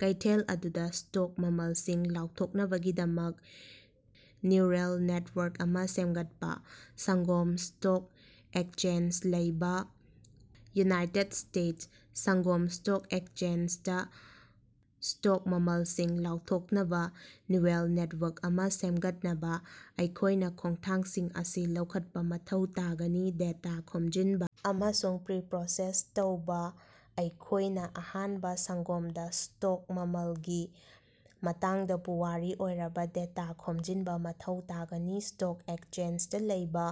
ꯀꯩꯊꯦꯜ ꯑꯗꯨꯗ ꯁ꯭ꯇꯣꯛ ꯃꯃꯜꯁꯤꯡ ꯂꯥꯎꯊꯣꯛꯅꯕꯒꯤꯗꯃꯛ ꯅ꯭ꯌꯨꯔꯜ ꯅꯦꯠꯋꯥꯔꯛ ꯑꯃ ꯁꯦꯝꯒꯠꯄ꯫ ꯁꯪꯒꯣꯝ ꯁ꯭ꯇꯣꯛ ꯑꯦꯛꯆꯦꯟꯖꯗ ꯂꯩꯕ ꯎꯅꯥꯏꯇꯦꯠ ꯏ꯭ꯁꯇꯦꯠꯁ, ꯁꯪꯒꯣꯝ ꯁ꯭ꯇꯣꯛ ꯑꯦꯛꯆꯦꯟꯖꯗꯥ ꯁ꯭ꯇꯣꯛ ꯃꯃꯜꯁꯤꯡ ꯂꯥꯎꯊꯣꯛꯅꯕ ꯅ꯭ꯌꯨꯔꯜ ꯅꯦꯠꯋꯥꯔꯛ ꯑꯃ ꯁꯦꯝꯒꯠꯅꯕ ꯑꯩꯈꯣꯏꯅ ꯈꯣꯡꯊꯥꯡꯁꯤꯡ ꯑꯁꯤ ꯂꯧꯈꯠꯄ ꯃꯊꯧ ꯇꯥꯒꯅꯤ ꯗꯦꯇꯥ ꯈꯣꯝꯖꯤꯟꯕ ꯑꯃꯁꯨꯡ ꯄ꯭ꯔꯤꯄꯔꯣꯁꯦꯁ ꯇꯧꯕ ꯑꯩꯈꯣꯏꯅ ꯑꯍꯥꯟꯕꯗ ꯁꯪꯒꯣꯝꯗ ꯁ꯭ꯇꯣꯛ ꯃꯃꯜꯒꯤ ꯃꯇꯥꯡꯗ ꯄꯨꯋꯥꯔꯤ ꯑꯣꯏꯔꯕ ꯗꯦꯇꯥ ꯈꯣꯝꯖꯤꯟꯕ ꯃꯊꯧ ꯇꯥꯒꯅꯤ꯫ ꯁ꯭ꯇꯣꯛ ꯑꯦꯛꯆꯦꯟꯖꯗ ꯂꯩꯕ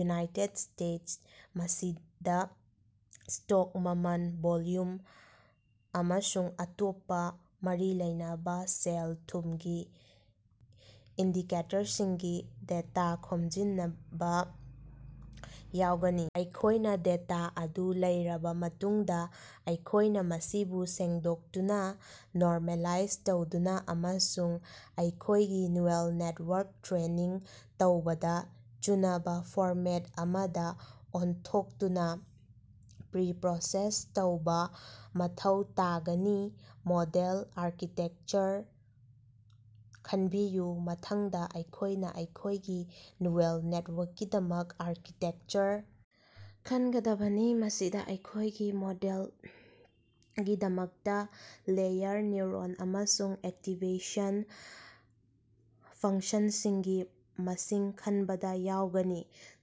ꯎꯅꯥꯏꯇꯦꯠ ꯏ꯭ꯁꯇꯦꯠꯁ ꯃꯁꯤꯗ ꯁ꯭ꯇꯣꯛ ꯃꯃꯜ, ꯚꯣꯜꯌꯨꯝ, ꯑꯃꯁꯨꯡ ꯑꯇꯣꯞꯄ ꯃꯔꯤ ꯂꯩꯅꯕ ꯁꯦꯜ-ꯊꯨꯝꯒꯤ ꯏꯟꯗꯤꯀꯦꯇꯔꯁꯤꯡꯒꯤ ꯗꯦꯇ ꯈꯣꯝꯖꯤꯅꯕ ꯌꯥꯎꯒꯅꯤ꯫ ꯑꯩꯈꯣꯏꯅ ꯗꯦꯇꯥ ꯑꯗꯨ ꯂꯩꯔꯕ ꯃꯇꯨꯡꯗ, ꯑꯩꯈꯣꯏꯅ ꯃꯁꯤꯕꯨ ꯁꯦꯡꯗꯣꯛꯇꯨꯅ, ꯅꯣꯔꯃꯦꯂꯥꯏꯖ ꯇꯧꯗꯨꯅ ꯑꯃꯁꯨꯡ ꯑꯩꯈꯣꯏꯒꯤ ꯅ꯭ꯌꯨꯔꯜ ꯅꯦꯠꯋꯥꯔꯛ ꯇ꯭ꯔꯦꯅꯤꯡ ꯇꯧꯕꯗ ꯆꯨꯅꯕ ꯐꯣꯔꯃꯦꯠ ꯑꯃꯗ ꯑꯣꯟꯊꯣꯛꯇꯨꯅ ꯄ꯭ꯔꯤꯄꯔꯣꯁꯦꯁ ꯇꯧꯕ ꯃꯊꯧ ꯇꯥꯒꯅꯤ꯫ ꯃꯣꯗꯦꯜ ꯑꯥꯔꯀꯤꯇꯦꯀꯆꯔ ꯈꯟꯕꯤꯌꯨ: ꯃꯊꯪꯗ ꯑꯩꯈꯣꯏꯅ ꯑꯩꯈꯣꯏꯒꯤ ꯅ꯭ꯌꯨꯔꯜ ꯅꯦꯠꯋꯥꯔꯛꯀꯤꯗꯃꯛ ꯑꯥꯔꯀꯤꯇꯦꯛꯆꯔ ꯈꯟꯒꯗꯕꯅꯤ꯫ ꯃꯁꯤꯗ ꯑꯩꯈꯣꯏꯒꯤ ꯃꯣꯗꯦꯜꯒꯤꯗꯃꯛꯇ ꯂꯦꯌꯔ, ꯅ꯭ꯌꯨꯔꯣꯟ ꯑꯃꯁꯨꯡ ꯑꯦꯛꯇꯤꯚꯦꯁꯟ ꯐꯪꯛꯁꯟꯁꯤꯡꯒꯤ ꯃꯁꯤꯡ ꯈꯟꯕꯗ ꯌꯥꯎꯒꯅꯤ꯫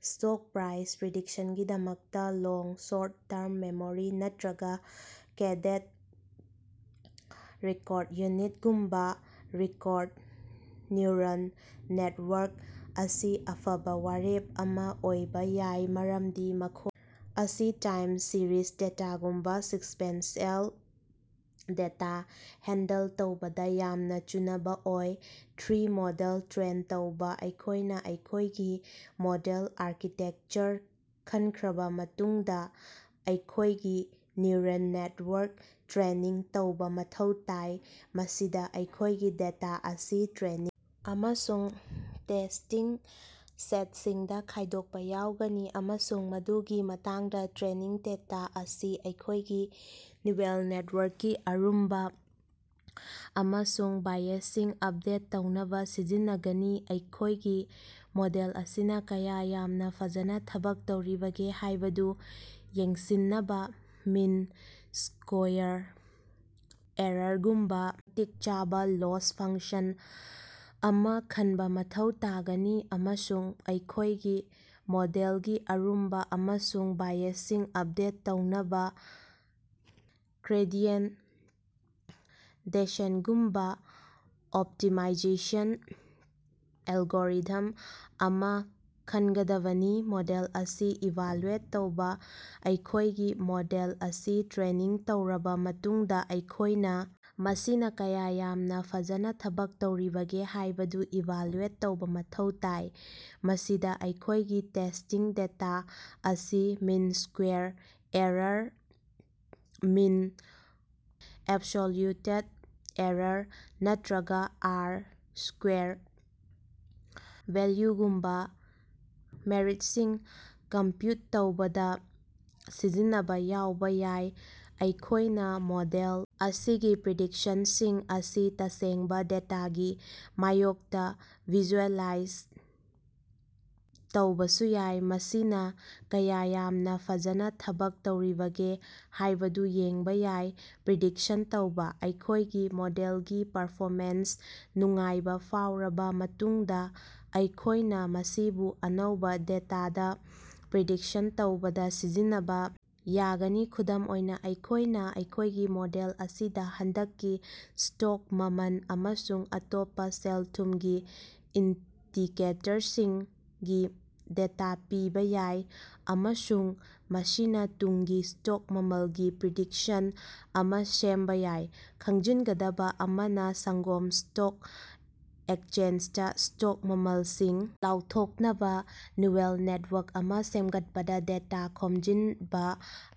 ꯁ꯭ꯇꯣꯛ ꯄ꯭ꯔꯥꯏꯁ ꯄ꯭ꯔꯤꯗꯤꯛꯁꯟꯒꯤꯗꯃꯛꯇ, (ꯂꯣꯡ ꯁꯣꯔꯠ-ꯇꯔꯝ ꯃꯦꯃꯣꯔꯤ) ꯅꯠꯇꯔꯒꯥ (ꯒꯦꯇꯦꯗ ꯔꯤꯀꯣꯔꯗ ꯌꯨꯅꯤꯠ)ꯒꯨꯝꯕ ꯔꯤꯀꯣꯔꯗ ꯅ꯭ꯌꯨꯔꯜ ꯅꯦꯇꯋꯥꯔꯛ ꯑꯁꯤ ꯑꯐꯕ ꯋꯥꯔꯦꯞ ꯑꯃ ꯑꯣꯏꯕ ꯌꯥꯏ, ꯃꯔꯝꯗꯤ ꯃꯈꯣꯏ ꯑꯁꯤ ꯇꯥꯏꯝ ꯁꯤꯔꯤꯖ ꯗꯦꯇꯥꯒꯨꯝꯕ ꯁꯤꯛꯕꯦꯟꯁꯤꯑꯦꯜ ꯗꯦꯇꯥ ꯍꯦꯟꯗꯜ ꯇꯧꯕꯗ ꯌꯥꯝꯅ ꯆꯨꯅꯕ ꯑꯣꯏ꯫ ꯊ꯭ꯔꯤ ꯃꯣꯗꯦꯜ ꯇ꯭ꯔꯦꯟ ꯇꯧꯕ ꯑꯩꯈꯣꯏꯅ ꯑꯩꯈꯣꯏꯒꯤ ꯃꯣꯗꯦꯜ ꯑꯥꯔꯀꯤꯇꯦꯛꯆꯔ ꯈꯟꯈ꯭ꯔꯕ ꯃꯇꯨꯡꯗ ꯑꯩꯈꯣꯏꯒꯤ ꯅ꯭ꯌꯨꯔꯜ ꯅꯦꯇꯋꯥꯔꯛ ꯇ꯭ꯔꯦꯅꯤꯡ ꯇꯧꯕ ꯃꯊꯧ ꯇꯥꯏ꯫ ꯃꯁꯤꯗ ꯑꯩꯈꯣꯏꯒꯤ ꯗꯦꯇꯥ ꯑꯁꯤ ꯇ꯭ꯔꯦꯅꯤꯡ ꯑꯃꯁꯨꯡ ꯇꯦꯁ꯭ꯇꯤꯡ ꯁꯦꯠꯁꯤꯡꯗꯥ ꯈꯥꯏꯗꯣꯛꯄ ꯌꯥꯎꯒꯅꯤ, ꯑꯃꯁꯨꯡ ꯃꯗꯨꯒꯤ ꯃꯇꯨꯡꯗꯥ ꯇ꯭ꯔꯦꯅꯤꯡ ꯗꯦꯇꯥ ꯑꯁꯤ ꯑꯩꯈꯣꯏꯒꯤ ꯅ꯭ꯌꯨꯔꯜ ꯅꯦꯠꯋꯥꯔꯛꯀꯤ ꯑꯔꯨꯝꯕ ꯑꯃꯁꯨꯡ ꯕꯥꯏꯑꯦꯖꯁꯤꯡ ꯑꯄꯗꯦꯠ ꯇꯧꯅꯕ ꯁꯤꯖꯤꯟꯅꯒꯅꯤ꯫ ꯑꯩꯈꯣꯏꯒꯤ ꯃꯣꯗꯦꯜ ꯑꯁꯤꯅ ꯀꯌꯥ ꯌꯥꯝꯅ ꯐꯖꯅ ꯊꯕꯛ ꯇꯧꯔꯤꯕꯒꯦ ꯍꯥꯏꯕꯗꯨ ꯌꯦꯡꯁꯤꯟꯅꯕꯥ ꯃꯤꯟ ꯁ꯭ꯀꯣꯌꯥꯔ ꯑꯦꯔꯥꯔꯒꯨꯝꯕꯥ ꯃꯇꯤꯛ ꯆꯥꯕ ꯂꯣꯁ ꯐꯪꯛꯁꯟ ꯑꯃ ꯈꯟꯕ ꯃꯊꯧ ꯇꯥꯒꯅꯤ, ꯑꯃꯁꯨꯡ ꯑꯩꯈꯣꯏꯒꯤ ꯃꯣꯗꯦꯜꯒꯤ ꯑꯔꯨꯝꯕ ꯑꯃꯁꯨꯡ ꯕꯥꯏꯑꯦꯖꯁꯤꯡ ꯑꯄꯗꯦꯠ ꯇꯧꯅꯕ ꯒ꯭ꯔꯦꯗꯤꯌꯦꯟꯇ ꯗꯦꯁꯦꯟꯇꯒꯨꯝꯕ ꯑꯣꯞꯇꯤꯃꯥꯏꯖꯦꯁꯟ ꯑꯦꯜꯒꯣꯔꯤꯊꯝ ꯑꯃ ꯈꯟꯒꯗꯕꯅꯤ꯫ ꯃꯣꯗꯦꯜ ꯑꯁꯤ ꯏꯚꯥꯂꯨꯑꯦꯠ ꯇꯧꯕ ꯑꯩꯈꯣꯏꯒꯤ ꯃꯣꯗꯦꯜ ꯑꯁꯤ ꯇ꯭ꯔꯦꯅꯤꯡ ꯇꯧꯔꯕ ꯃꯇꯨꯡꯗ ꯑꯩꯈꯣꯏꯅ ꯃꯁꯤꯅ ꯀꯌꯥ ꯌꯥꯝꯅ ꯐꯖꯅ ꯊꯕꯛ ꯇꯧꯔꯤꯕꯒꯦ ꯍꯥꯏꯕꯗꯨ ꯏꯚꯥꯂꯨꯑꯦꯠ ꯇꯧꯕꯥ ꯃꯊꯧ ꯇꯥꯏ꯫ ꯃꯁꯤꯗꯥ ꯑꯩꯈꯣꯏꯒꯤ ꯇꯦꯁ꯭ꯇꯤꯡ ꯗꯦꯇꯥ ꯑꯁꯤ mean squared error, mean absolute error, ꯅꯠꯇꯔꯒꯥ ꯑꯥꯔ-ꯁ꯭ꯀꯦꯌꯔ ꯚꯦꯜꯌꯨꯒꯨꯝꯕꯥ ꯃꯦꯠꯔꯤꯛꯁꯤꯡ ꯀꯝꯄ꯭ꯌꯨꯠ ꯇꯧꯕꯗ ꯁꯤꯖꯤꯟꯅꯕ ꯌꯥꯎꯕ ꯌꯥꯏ꯫ ꯑꯩꯈꯣꯏꯅ ꯃꯣꯗꯦꯜ ꯑꯁꯤꯒꯤ ꯄ꯭ꯔꯤꯗꯤꯛꯁꯟꯁꯤꯡ ꯑꯁꯤ ꯇꯁꯦꯡꯕꯥ ꯗꯦꯇꯥꯒꯤ ꯃꯥꯌꯣꯛꯇ ꯚꯤꯖꯨꯑꯦꯂꯥꯏꯖ ꯇꯧꯕꯁꯨ ꯌꯥꯏ, ꯃꯁꯤꯅ ꯀꯌꯥ ꯌꯥꯝꯅ ꯐꯖꯅ ꯊꯕꯛ ꯇꯧꯔꯤꯕꯒꯦ ꯍꯥꯏꯕꯗꯨ ꯌꯦꯡꯕ ꯌꯥꯏ꯫ ꯄ꯭ꯔꯤꯗꯤꯛꯁꯟ ꯇꯧꯕ: ꯑꯩꯈꯣꯏꯒꯤ ꯃꯣꯗꯦꯜꯒꯤ ꯄꯔꯐꯣꯃꯦꯟꯁꯇ ꯅꯨꯡꯉꯥꯏꯕ ꯐꯥꯎꯔꯕ ꯃꯇꯨꯡꯗ, ꯑꯩꯈꯣꯏꯅ ꯃꯁꯤꯕꯨ ꯑꯅꯧꯕ ꯗꯦꯇꯥꯗ ꯄ꯭ꯔꯤꯗꯤꯛꯁꯟ ꯇꯧꯕꯗ ꯁꯤꯖꯤꯟꯅꯕ ꯌꯥꯒꯅꯤ꯫ ꯈꯨꯗꯝ ꯑꯣꯏꯅ, ꯑꯩꯈꯣꯏꯅ ꯑꯩꯈꯣꯏꯒꯤ ꯃꯣꯗꯦꯜ ꯑꯁꯤꯗ ꯍꯟꯗꯛꯀꯤ ꯁ꯭ꯇꯣꯛ ꯃꯃꯜ ꯑꯃꯁꯨꯡ ꯑꯇꯣꯞꯄꯥ ꯁꯦꯜ-ꯊꯨꯝꯒꯤ ꯏꯟꯗꯤꯀꯦꯇꯔꯁꯤꯡꯒꯤ ꯗꯦꯇ ꯄꯤꯕ ꯌꯥꯏ, ꯑꯃꯁꯨꯡ ꯃꯁꯤꯅ ꯇꯨꯡꯒꯤ ꯁ꯭ꯇꯣꯛ ꯃꯃꯜꯒꯤ ꯄ꯭ꯔꯤꯗꯤꯛꯁꯟ ꯑꯃ ꯁꯦꯝꯕ ꯌꯥꯏ꯫ ꯈꯪꯖꯤꯟꯒꯗꯕ ꯑꯃꯅ, ꯁꯪꯒꯣꯝ ꯁ꯭ꯇꯣꯛ ꯑꯦꯛꯆꯦꯟꯖꯗꯥ ꯁ꯭ꯇꯣꯛ ꯃꯃꯜꯁꯤꯡ ꯂꯥꯎꯊꯣꯛꯅꯕ ꯅ꯭ꯌꯨꯔꯜ ꯅꯦꯠꯋꯥꯔꯛ ꯑꯃ ꯁꯦꯝꯒꯠꯄꯗ ꯗꯦꯇꯥ ꯈꯣꯝꯖꯤꯟꯕ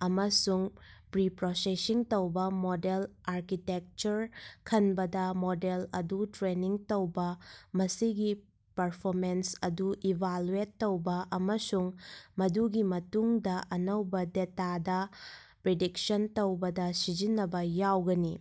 ꯑꯃꯁꯨꯡ ꯄ꯭ꯔꯤꯄꯔꯣꯁꯦꯁꯤꯡ ꯇꯧꯕ, ꯃꯣꯗꯦꯜ ꯑꯥꯔꯀꯤꯇꯦꯛꯆꯔ ꯈꯟꯕꯗ, ꯃꯣꯗꯦꯜ ꯑꯗꯨ ꯇ꯭ꯔꯦꯅꯤꯡ ꯇꯧꯕ, ꯃꯁꯤꯒꯤ ꯄꯔꯐꯣꯃꯦꯟꯁ ꯑꯗꯨ ꯏꯚꯥꯂꯨꯑꯦꯠ ꯇꯧꯕ, ꯑꯃꯁꯨꯡ ꯃꯗꯨꯒꯤ ꯃꯇꯨꯡꯗꯥ ꯑꯅꯧꯕ ꯗꯦꯇꯥꯗ ꯄ꯭ꯔꯤꯗꯤꯛꯁꯟ ꯇꯧꯕꯗ ꯁꯤꯖꯤꯟꯅꯕ ꯌꯥꯎꯒꯅꯤ꯫